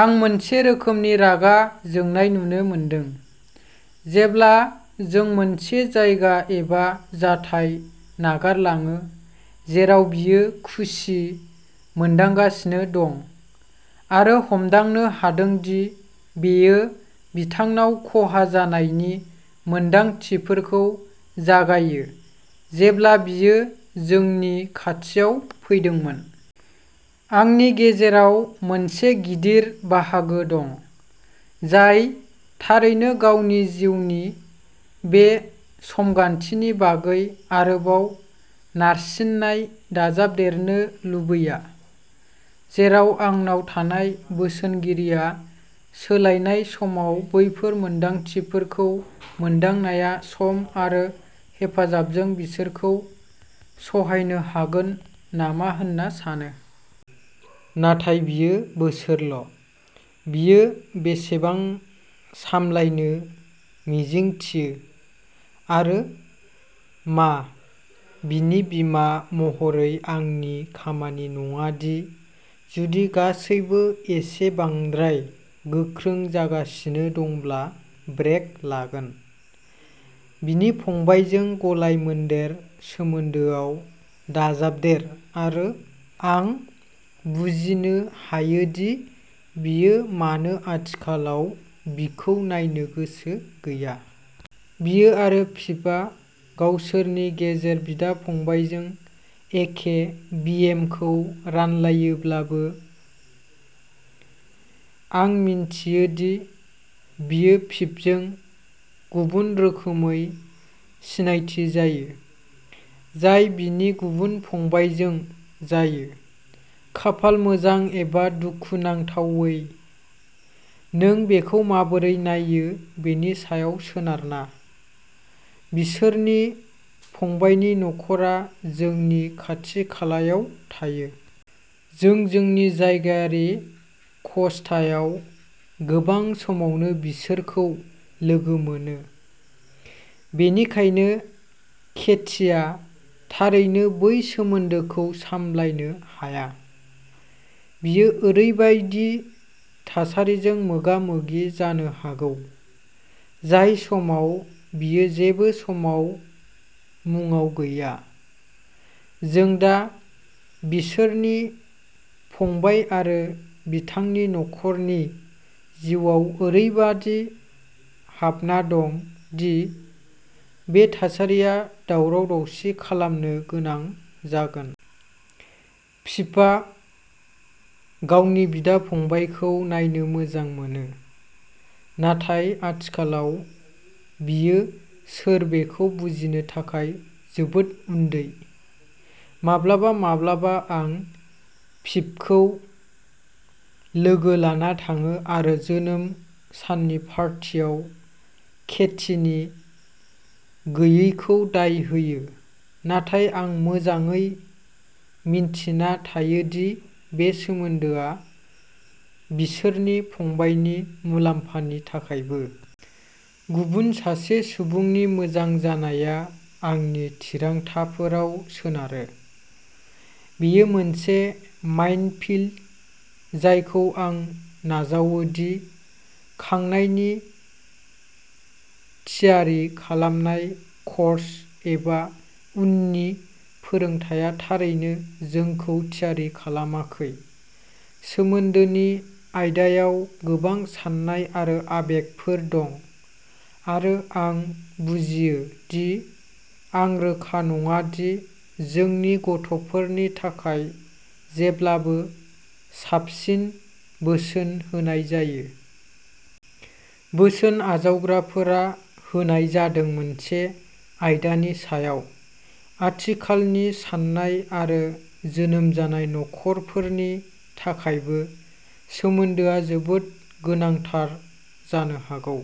आं मोनसे रोखोमनि रागा जोंनाय नुनो मोनदों जेब्ला जों मोनसे जायगा एबा जाथाय नागारलाङो जेराव बियो खुसि मोनदांगासिनो दं आरो हमदांनो हादों दि बेयो बिथांनाव खहा जानायनि मोनदांथिफोरखौ जागायो जेब्ला बियो जोंनि खाथियाव फैदोंमोन। आंनि गेजेराव मोनसे गिदिर बाहागो दं जाय थारैनो गावनि जिउनि बे समगान्थिनि बागै आरोबाव नारसिननाय दाजाबदेरनो लुबैया, जेराव आंनाव थानाय बोसोनगिरिया। सोलायनाय समाव बैफोर मोन्दांथिफोरखौ मोनदांनाया सम आरो हेफाजाबजों बिसोरखौ सहायनो हागोन नामा होन्ना सानो। नाथाय बियो बोसोरल'। बियो बेसेबां सामलायनो मिजिंथियो आरो मा बिनि बिमा महरै आंनि खामानि नङा दि जुदि गासैबो एसे बांद्राय गोख्रों जागासिनो दंब्ला ब्रेक लागोन? बिनि फंबायजों गलाय-मोनदेर सोमोन्दोआव दाजाबदेर आरो आं बुजिनो हायो दि बियो मानो आथिखालाव बिखौ नायनो गोसो गैया। बियो आरो पिपआ गावसोरनि गेजेर बिदा-फंबायजों एखे बिएमखौ रानलायोब्लाबो आं मिन्थियो दि बियो पिपजों गुबुन रोखोमै सिनायथि जायो, जाय बिनि गुबुन फंबायजों जायो। खाफाल मोजां एबा दुखुनांथावै, नों बेखौ माबोरै नायो बेनि सायाव सोनारना, बिसोरनि फंबायनि नख'रा जोंनि खाथि-खालायाव थायो। जों जोंनि जायगायारि क'स्टायाव गोबां समावनो बिसोरखौ लोगो मोनो, बेनिखायनो केटीआ थारैनो बै सोमोन्दोखौ सामलायनो हाया। बियो ओरैबायदि थासारिजों मोगा-मोगि जानो हागौ, जाय समाव बियो जेबो समाव मुडआव गैया। जों दा बिसोरनि फंबाय आरो बिथांनि नखरनि जिउआव ओरैबादि हाबना दं दि बे थासारिया दावराव-दावसि खालामनो गोनां जागोन। पिपआ गावनि बिदा-फंबायखौ नायनो मोजां मोनो, नाथाय आथिखालाव बियो सोर बेखौ बुजिनो थाखाय जोबोद उन्दै। माब्लाबा-माब्लाबा आं पिपखौ लोगो लाना थाङो आरो जोनोम साननि पार्टियाव केटीनि गैयैखौ दाय होयो, नाथाय आं मोजाङै मिन्थिना थायो दि बे सोमोन्दोआ बिसोरनि फंबायनि मुलाम्फानि थाखायबो। गुबुन सासे सुबुंनि मोजां जानाया आंनि थिरांथाफोराव सोनारो। बेयो मोनसे माइनफील्ड जायखौ आं नाजावो दि खांनायनि थियारि खालामनाय कर्स एबा उननि फोरोंथाया थारैनो जोंखौ थियारि खालामाखै। सोमोन्दोनि आयदायाव गोबां साननाय आरो आबेगफोर दं आरो आं बुजियो दि आं रोखा नङा दि जोंनि गथ'फोरनि थाखाय जेब्लाबो साबसिन बोसोन होनाय जायो। बोसोन आजावग्राफोरा होनाय जादों मोनसे आयदानि सायाव आथिखालनि साननाय आरो जोनोम जानाय नखरफोरनि थाखायबो सोमोन्दोआ जोबोद गोनांथार जानो हागौ।